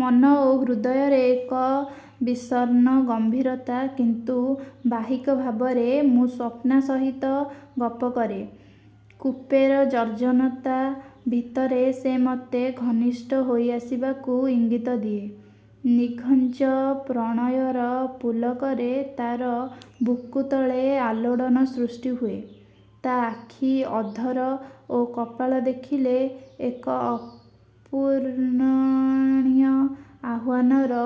ମନ ଓ ହୃଦୟରେ ଏକ ବିଷର୍ଣ୍ଣ ଗମ୍ଭୀରତା। କିନ୍ତୁ ବାହ୍ୟିକ ଭାବରେ ମୁଁ ସ୍ୱପ୍ନା ସହିତ ଗପ କରେ। କୁପେର ନିର୍ଜନତା ଭିତରେ ସେ ମତେ ଘନିଷ୍ଠ ହୋଇଆସିବାକୁ ଇଙ୍ଗିତ ଦିଏ। ନିଘଞ୍ଚ ପ୍ରଣୟର ପୁଲକରେ ତାର ବୁକୁତଳେ ଆଲୋଡ଼ନ ସୃଷ୍ଟି ହୁଏ-ତା ଆଖି, ଅଧର ଓ କପୋଳ ଦେଖିଲେ ଏକ ଅପୂରଣୀୟ ଆହ୍ୱାନର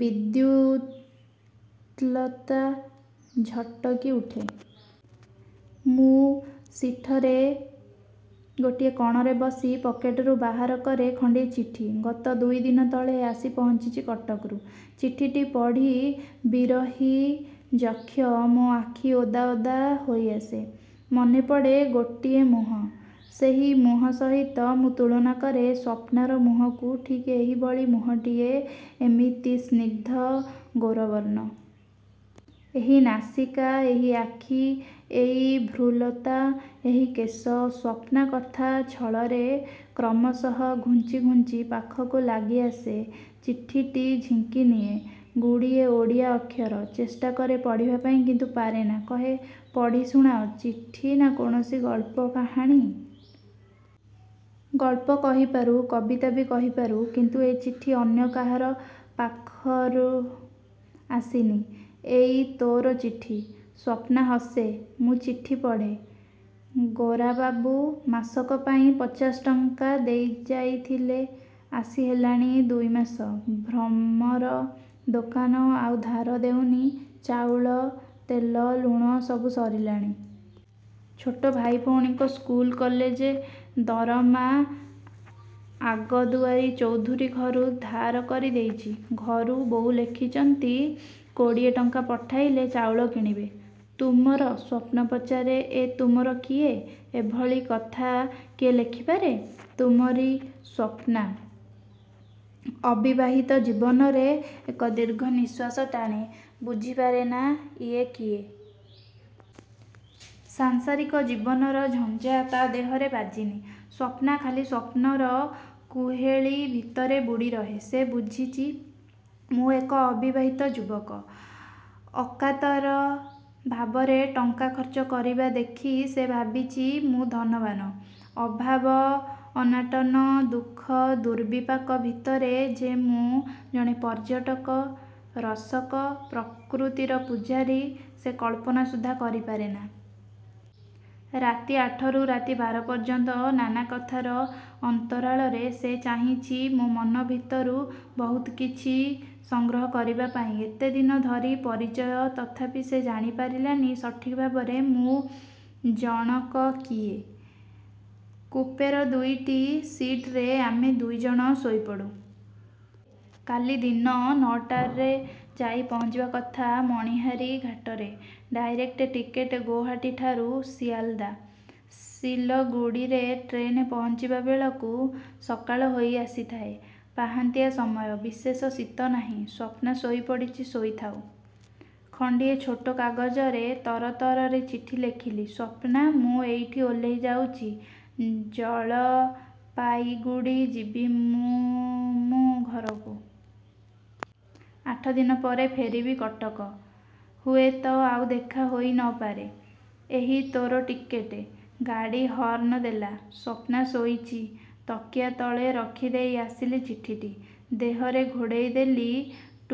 ବିଦ୍ୟୁତ୍ଲତା ଝଟକି ଉଠେ। ମୁଁ ସିଠର ଗୋଟିଏ କଣରେ ବସି ପକେଟରୁ ବାହାରକରେ ଖଣ୍ଡିଏ ଚିଠି-ଗତ ଦୁଇ ଦିନ ତଳେ ଆସି ପହଞ୍ଚିଚି କଟକରୁ। ଚିଠିଟି ପଢ଼ି ବିରହୀ ଯକ୍ଷ ମୋ ଆଖି ଓଦା ଓଦା ହୋଇଆସେ। ମନେପଡ଼େ ଗୋଟିଏ ମୁହଁ। ସେହି ମୁହଁ ସହିତ ମୁଁ ତୁଳନା କରେ ସ୍ୱପ୍ନାର ମୁହଁକୁ ଠିକ୍ ଏହିଭଳି ମୁହଁଟିଏ, ଏମିତି ସ୍ନିଗ୍ଧ, ଗୌରବର୍ଣ୍ଣ। ଏହି ନାସିକା, ଏହି ଆଖି, ଏଇ ଭ୍ରୁଲତା, ଏହି କେଶ। ସ୍ୱପ୍ନା କଥା ଛଳରେ କ୍ରମଶଃ ଘୁଞ୍ଚି ଘୁଞ୍ଚି ପାଖକୁ ଲାଗି ଆସେ, ଚିଠିଟି ଝିଙ୍କିନିଏ। ଗୁଡ଼ିଏ ଓଡ଼ିଆ ଅକ୍ଷର। ଚେଷ୍ଟାକରେ ପଢ଼ିବା ପାଇଁ, କିନ୍ତୁ ପାରେନା; କହେ-ପଢି ଶୁଣାଅ, ଚିଠି ନା କୌଣସି ଗଳ୍ପ, କାହାଣୀ? -ଗଳ୍ପ କହିପାରୁ, କବିତା ବି କହିପାରୁ। କିନ୍ତୁ ଏ ଚିଠି ଅନ୍ୟ କାହାର ପାଖରୁ ଆସିନି, ଏଇ ତୋର ଚିଠି। ସ୍ୱପ୍ନା ହସେ। ମୁଁ ଚିଠି ପଢ଼େ-। ଗୋରାବାବୁ, ମାସକ ପାଇଁ ପଚାଶ ଟଙ୍କା ଦେଇଯାଇଥିଲେ, ଆସି ହେଲାଣି ଦୁଇ ମାସ। ଭ୍ରମର ଦୋକାନ ଆଉ ଧାର ଦେଉନି-ଚାଉଳ, ତେଲ, ଲୁଣ ସବୁ ସରିଲାଣି। ଛୋଟ ଭାଇ ଭଉଣୀଙ୍କ ସ୍କୁଲ କଲେଜ ଦରମା ଆଗଦୁଆରୀ ଚୌଧୁରୀ ଘରୁ ଧାର କରି ଦେଇଚି। ଘରୁ ବୋଉ ଲେଖିଚନ୍ତି କୋଡ଼ିଏ ଟଙ୍କା ପଠାଇଲେ ଚାଉଳ କିଣିବେ। ''ତୁମର'' ସ୍ୱପ୍ନା ପଚାରେ, ଏ 'ତୁମର' କିଏ? -ଏଭଳି କଥା କିଏ ଲେଖିପାରେ? କୁମାରୀ ସ୍ୱପ୍ନା। ଅବିବାହିତ ଜୀବନରେ ଏକ ଦୀର୍ଘ ନିଶ୍ୱାସ ଟାଣେ, ବୁଝିପାରେନା ଇଏ କିଏ? ସାଂସାରିକ ଜୀବନର ଝଞ୍ଜା ତା ଦେହରେ ବହିନି। ସ୍ୱପ୍ନା ଖାଲି ସ୍ୱପ୍ନର କୁହେଳି ଭିତରେ ବୁଡ଼ିରହେ। ସେ ବୁଝିଚି, ମୁଁ ଏକ ଅବିବାହିତ ଯୁବକ। ଅକାତର ଭାବରେ ଟଙ୍କା ଖର୍ଚ୍ଚ କରିବା ଦେଖି ସେ ଭାବିଚି ମୁଁ ଧନବାନ। ଅଭାବ-ଅନାଟନ, ଦୁଃଖ ଦୁର୍ବିପାକ ଭିତରେ ଯେ ମୁଁ ଜଣେ ପର୍ଯ୍ୟଟକ, ରସକ, ପ୍ରକୃତିର ପୂଜାରୀ, ସେ କଳ୍ପନା ସୁଦ୍ଧା କରିପାରେନା। ରାତି ଆଠରୁ ରାତି ବାର ପର୍ଯ୍ୟନ୍ତ ନାନା କଥାର ଅନ୍ତରାଳରେ ସେ ଚାହିଁଚି ମୋ ମନ ଭିତରୁ ବହୁତ କିଛି ସଂଗ୍ରହ କରିବା ପାଇଁ। ଏତେ ଦିନ ଧରି ପରିଚୟ, ତଥାପି ସେ ଜାଣିପାରିଲାନି ସଠିକ୍ ଭାବରେ ମୁଁ ଜଣକ କିଏ? କୁପେର ଦୁଇଟି ସିଟରେ ଆମେ ଦୁଇ ଜଣ ଶୋଇପଡ଼ୁ। କାଲି ଦିନ ନଅଟାରେ ଯାଇ ପହଞ୍ଚିବା କଥା ମଣିହାରୀ ଘାଟରେ। ଡ଼ାଇରେକ୍ଟ ଟିକେଟ ଗୌହାଟୀଠାରୁ ସିଆଲ୍ଦା। ସିଲଗୁଡ଼ିରେ ଟ୍ରେନ ପହଞ୍ଚିବା ବେଳକୁ ସକାଳ ହୋଇ ଆସିଥାଏ। ପାହାନ୍ତିଆ ସମୟ। ବିଶେଷ ଶୀତ ନାହିଁ। ସ୍ୱପ୍ନା ଶୋଇପଡ଼ିଚି-ଶୋଇଥାଉ। ଖଣ୍ଡିଏ ଛୋଟ କାଗଜରେ ତରତରରେ ଚିଠି ଲେଖିଲି- ସ୍ୱପ୍ନା, ମୁଁ ଏଇଠି ଓହ୍ଲେଇ ଯାଉଚି, ଜଳପାଇଗୁଡ଼ି ଯିବି ମାମୁଁ ଘରକୁ। ଆଠ ଦିନ ପରେ ଫେରିବି କଟକ। ହୁଏତ ଆଉ ଦେଖା ହୋଇ ନ ପାରେ। ଏହି ତୋର ଟିକେଟ। ଗାଡ଼ି ହର୍ଣ୍ଣ ଦେଲା। ସ୍ୱପ୍ନା ଶୋଇଚି-ତକିଆ ତଳେ ରଖିଦେଇ ଆସିଲି ଚିଠିଟି, ଦେହରେ ଘୋଡ଼େଇ ଦେଲି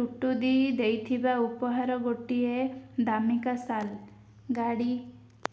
ଟୁଟୁଦି ଦେଇଥିବା ଉପହାର ଗୋଟିଏ ଦାମିକା ଶାଲ୍। ଗାଡ଼ି